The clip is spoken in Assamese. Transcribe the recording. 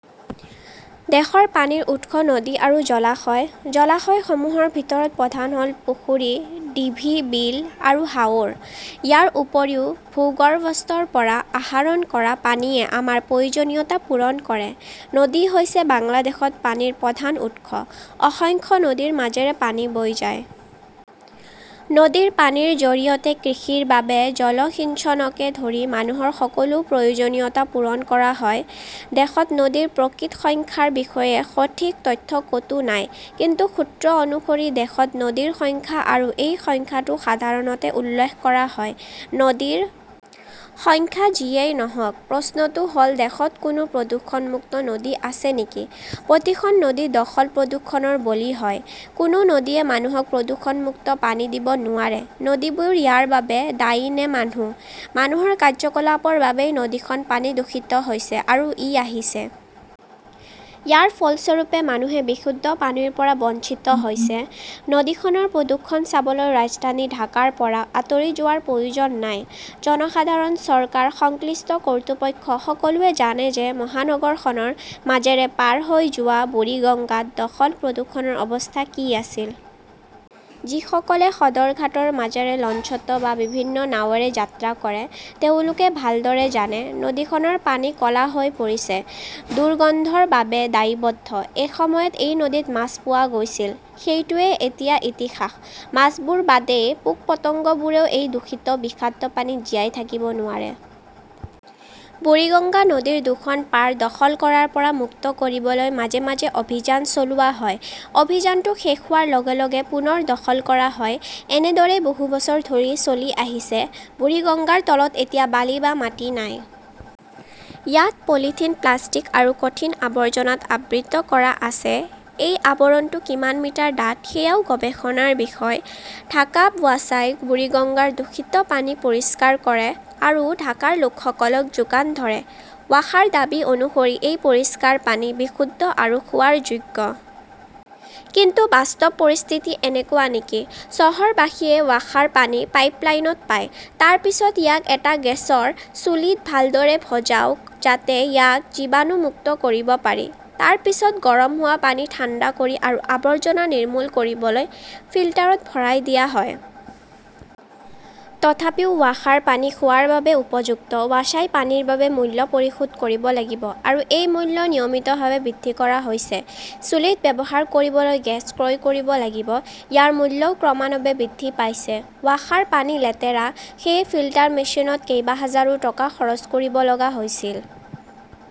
দেশৰ পানীৰ উৎস নদী আৰু জলাশয়। জলাশয়সমূহৰ ভিতৰত প্ৰধান হ'ল পুখুৰী, ঢিবি, বিল আৰু হাওৰ। ইয়াৰ উপৰিও ভূগৰ্ভস্থ পৰা আহৰণ কৰা পানীয়ে আমাৰ প্ৰয়োজনীয়তা পূৰণ কৰে। নদী হৈছে বাংলাদেশত পানীৰ প্ৰধান উৎস। অসংখ্য নদীৰ মাজেৰে পানী বৈ যায়। নদীৰ পানীৰ জৰিয়তে কৃষিৰ বাবে জলসিঞ্চনকে ধৰি মানুহৰ সকলো প্ৰয়োজনীয়তা পূৰণ কৰা হয়। দেশত নদীৰ প্ৰকৃত সংখ্যাৰ বিষয়ে সঠিক তথ্য ক'তো নাই। কিছু সূত্ৰ অনুসৰি, দেশত নদীৰ সংখ্যা আৰু এই সংখ্যাটো সাধাৰণতে উল্লেখ কৰা হয়। নদীৰ সংখ্যা যিয়েই নহওঁক, প্ৰশ্নটো হ'ল দেশত কোনো প্ৰদূষণমুক্ত নদী আছে নেকি? প্ৰতিখন নদী দখল-প্ৰদূষণৰ বলি হয়। কোনো নদীয়ে মানুহক প্ৰদূষণমুক্ত পানী দিব নোৱাৰে। নদীবোৰ ইয়াৰ বাবে দায়ী নে মানুহ? মানুহৰ কাৰ্যকলাপৰ বাবেই নদীখনৰ পানী দূষিত হৈছে আৰু হৈ আহিছে। ইয়াৰ ফলস্বৰূপে মানুহে বিশুদ্ধ পানীৰ পৰা বঞ্চিত হৈছে। নদীখনৰ প্ৰদূষণ চাবলৈ ৰাজধানী ঢাকাৰ পৰা আঁতৰি যোৱাৰ প্ৰয়োজন নাই। জনসাধাৰণ, চৰকাৰ, সংশ্লিষ্ট কৰ্তৃপক্ষ সকলোৱে জানে যে মহানগৰখনৰ মাজেৰে পাৰ হৈ যোৱা বুৰিগাংগাত দখল-প্ৰদূষণৰ অৱস্থা কি আছিল। যিসকলে সদৰঘাটৰ মাজেৰে লঞ্চত বা বিভিন্ন নাৱেৰে যাত্ৰা কৰে তেওঁলোকে ভালদৰে জানে। নদীখনৰ পানী ক'লা হৈ পৰিছে। দুৰ্গন্ধৰ বাবে দায়বদ্ধ। এসময়ত এই নদীত মাছ পোৱা গৈছিল। সেইটোৱেই এতিয়া ইতিহাস। মাছবোৰ বাদেই পোক-পতংগবোৰেও এই দূষিত বিষাক্ত পানীত জীয়াই থাকিব নোৱাৰে। বুৰিগঙ্গা নদীৰ দুখন পাৰ দখল কৰাৰ পৰা মুক্ত কৰিবলৈ মাজে মাজে অভিযান চলোৱা হয়। অভিযানটো শেষ হোৱাৰ লগে লগে পুনৰ দখল কৰা হয়। এনেদৰেই বহু বছৰ ধৰি চলি আহিছে। বুৰিগঙ্গাৰ তলত এতিয়া বালি বা মাটি নাই। ইয়াত পলিথিন, প্লাষ্টিক আৰু কঠিন আৱৰ্জনাত আবৃত কৰা আছে। এই আৱৰণটো কিমান মিটাৰ ডাঠ সেয়াও গৱেষণাৰ বিষয়। ঢাকা ৱাছাই বুৰিগঙ্গাৰ দূষিত পানী পৰিষ্কাৰ কৰে আৰু ঢাকাৰ লোকসকলক যোগান ধৰে। ৱাসাৰ দাবী অনুসৰি এই পৰিষ্কাৰ পানী বিশুদ্ধ আৰু খোৱাৰ যোগ্য। কিন্তু বাস্তৱ পৰিস্থিতি এনেকুৱা নেকি? চহৰবাসীয়ে ৱাসাৰ পানী পাইপলাইনত পায়। তাৰ পিছত ইয়াক এটা গেছৰ চুলিত ভালদৰে ভজাওক যাতে ইয়াক জীৱাণুমুক্ত কৰিব পাৰি। তাৰ পিছত গৰম হোৱা পানী ঠাণ্ডা কৰি আৰু আৱৰ্জনা নিৰ্মূল কৰিবলৈ ফিল্টাৰত ভৰাই দিয়া হয়। তথাপিও ৱাসাৰ পানী খোৱাৰ বাবে উপযুক্ত। ৱাছাই পানীৰ বাবে মূল্য পৰিশোধ কৰিব লাগিব আৰু এই মূল্য নিয়মিতভাৱে বৃদ্ধি কৰা হৈছে। চুলিত ব্যৱহাৰ কৰিবলৈ গেছ ক্ৰয় কৰিব লাগিব। ইয়াৰ মূল্যও ক্ৰমান্বয়ে বৃদ্ধি পাইছে। ৱাসাৰ পানী লেতেৰা, সেয়ে ফিল্টাৰ মেচিনত কেইবাহাজাৰো টকা খৰচ কৰিব লগা হৈছিল।